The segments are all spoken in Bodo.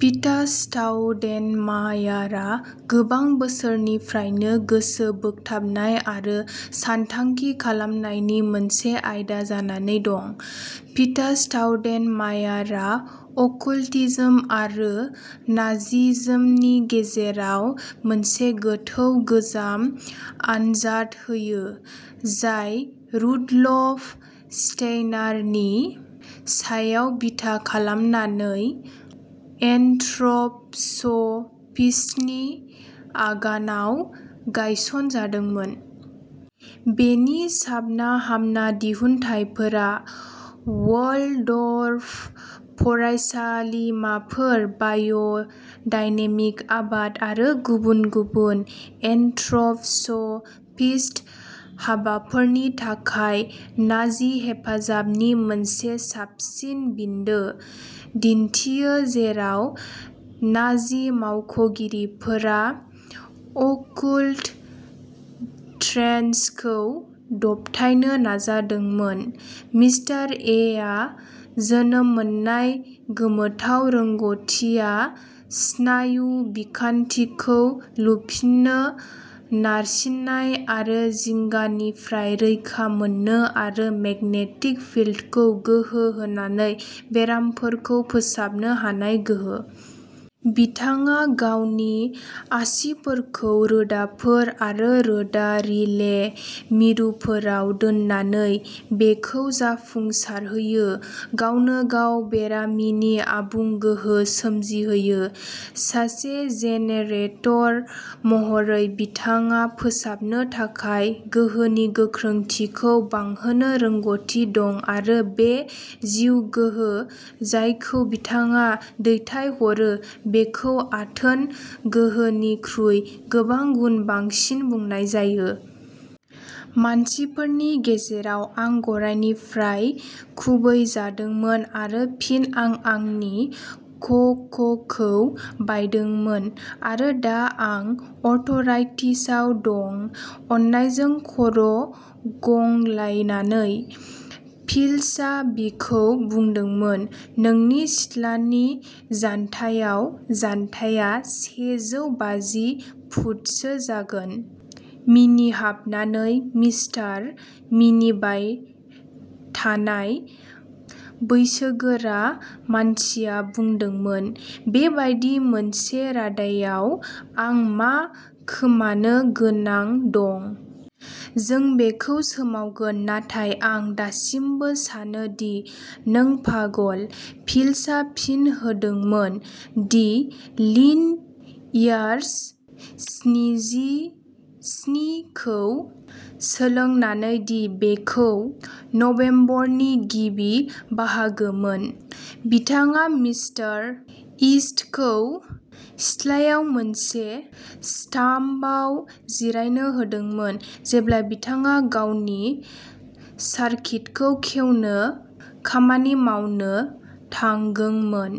पिटार स्टाउडेनमायारआ गोबां बोसोरनिफ्रायनो गोसो बोगथाबनाय आरो सानथांखि खालामनायनि मोनसे आयदा जानानै दं। पिटार स्टाउडेनमायारआ अकुल्टिज्म आरो नाजिज्मनि गेजेराव मोनसे गोथौ गोजाम आनजाद होयो, जाय रुडलफ स्टेइनारनि सायाव बिथा खालामनानै एन्थ्रप'स'फिस्टनि आगानआव गायसनजादोंमोन। बेनि साबना-हामना दिहुनथायफोरा वाल्डर्फ फरायसालिमाफोर, बाय'डायनेमिक आबाद आरो गुबुन गुबुन एन्थ्रप'स'फिस्ट हाबाफोरनि थाखाय नाजि हेफाजाबनि मोनसे साबसिन बिन्दो दिन्थियो, जेराव नाजि मावख'गिरिफोरा अकुल्ट ट्रेन्ड्सखौ दबथायनो नाजादोंमोन। मिस्टार एआ जोनोम मोननाय गोमोथाव रोंग'थिआ स्नायु बिखान्थिखौ लुफिननो, नारसिननाय आरो जिंगानिफ्राय रैखा मोननो आरो मेगनेटिक फिल्डखौ गोहो होनानै बेरामफोरखौ फोसाबनो हानाय गोहो। बिथाङा गावनि आसिफोरखौ रोदाफोर आरो रोदा रिले मिरुफोराव दोननानै बेखौ जाफुंसारहोयो, गावनो-गाव बेरामिनि आबुं गोहो सोमजिहोयो। सासे जेनेरेटर महरै बिथाङा फोसाबनो थाखाय गोहोनि गोख्रोंथिखौ बांहोनो रोंग'थि दं आरो बे जिउ गोहो जायखौ बिथाङा दैथायहरो, बेखौ आथोन गोहोनिख्रुइ गोबां गुन बांसिन बुंनाय जायो। मानसिफोरनि गेजेराव। आं गरायनिफ्राय खुबैजादोंमोन आरो फिन आं आंनि खख'खौ बायदोंमोन आरो दा आं आर्थराइटिसआव दं। "अननायजों खर'गंग्लायनानै, फिलसआ बिखौ बुंदोंमोन," नोंनि सिथ्लानि जान्थायाव जान्थाया सेजौ बाजि फुटसो जागोन। "मिनिहाबनानै, मिस्टार" मिनिबाय थानाय, बैसोगोरा मानसिया बुंदोंमोन, "बेबादि मोनसे रादायाव, आं मा खोमानो गोनां दं? जों बेखौ सोमावगोन, नाथाय आं दासिमबो सानो दि नों पागल।" फिलआ फिन होदोंमोन। "दि लीन इयार्स स्निजिस्नि खौ सोलोंनानै दि बेयो नबेम्बरनि गिबि बाहागोमोन, बिथाङा मिस्टार ईस्टखौ सिथ्लायाव मोनसे स्टाम्पआव जिरायनो होदोंमोन जेब्ला बिथाङा गावनि सार्किटखौ खेवनो खामानि मावनो थांगोंमोन।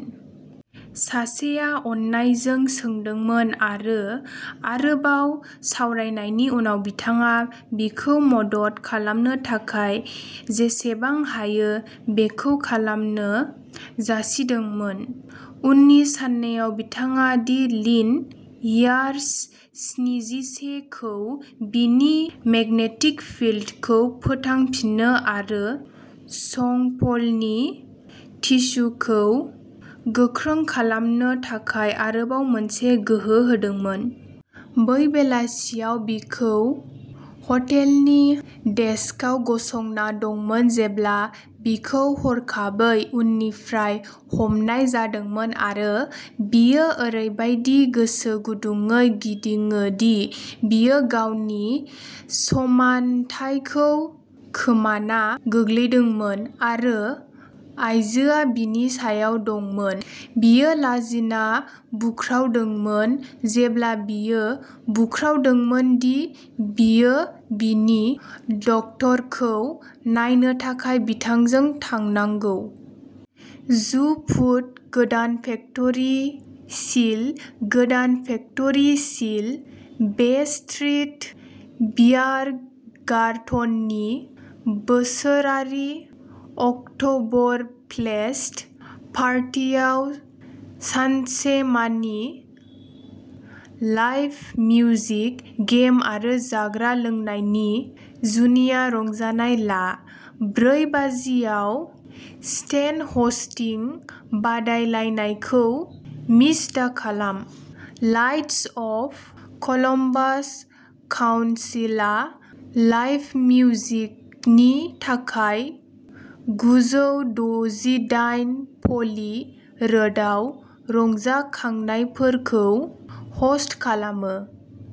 सासेया अननायजों सोंदोंमोन आरो आरोबाव सावरायनायनि उनाव बिथाङा बिखौ मदद खालामनो थाखाय जेसेबां हायो बेखौ खालामनो जासिदोंमोन।" उननि साननैआव बिथाङा दि लीन इयार्स स्निजिसे खौ बिनि मेगनेटिक फिल्डखौ फोथांफिन्नो आरो संफ्लनि टिस्युखौ गोख्रों खालामनो थाखाय आरोबाव मोनबा गोहो होदोंमोन। बै बेलासियाव। बियो हटेलनि डेस्कआव गसंना दंमोन जेब्ला बिखौ हरखाबै उननिफ्राय हमनाय जादोंमोन आरो बियो ओरैबादि गोसो गुदुंयै गिदिङो दि बियो गावनि समान्थायखौ खोमाना गोग्लैदोंमोन, आरो आयजोआ बिनि सायाव दंमोन। "बियो लाजिना बुख्रावदोंमोन, जेब्ला बियो बुख्रावदोंमोन दि बियो बिनि डक्टरखौ नायनो थाखाय बिथांजों थांनांगौ। जु फुट। गोदान फेक्टरि सिल। गोदान फेक्टरि सिल। बेस्ट्रिट बियारगार्टननि बोसोरारि अकट'बरफ्लेस्ट पार्टियाव सानसेमानि लाइभ मिउजिक, गेम आरो जाग्रा लोंनायनि जुनिया रंजानाय ला। ब्रै बाजियाव स्टेन ह'स्टिं बादायलायनायखौ मिस दाखालाम। नाइट्स अफ कलम्बास काउन्सिल आ लाइभ मिउजिकनि थाखाय गुजौ दजिदाइन फ'लि रोडआव रंजाखांनायफोरखौ ह'स्ट खालामो।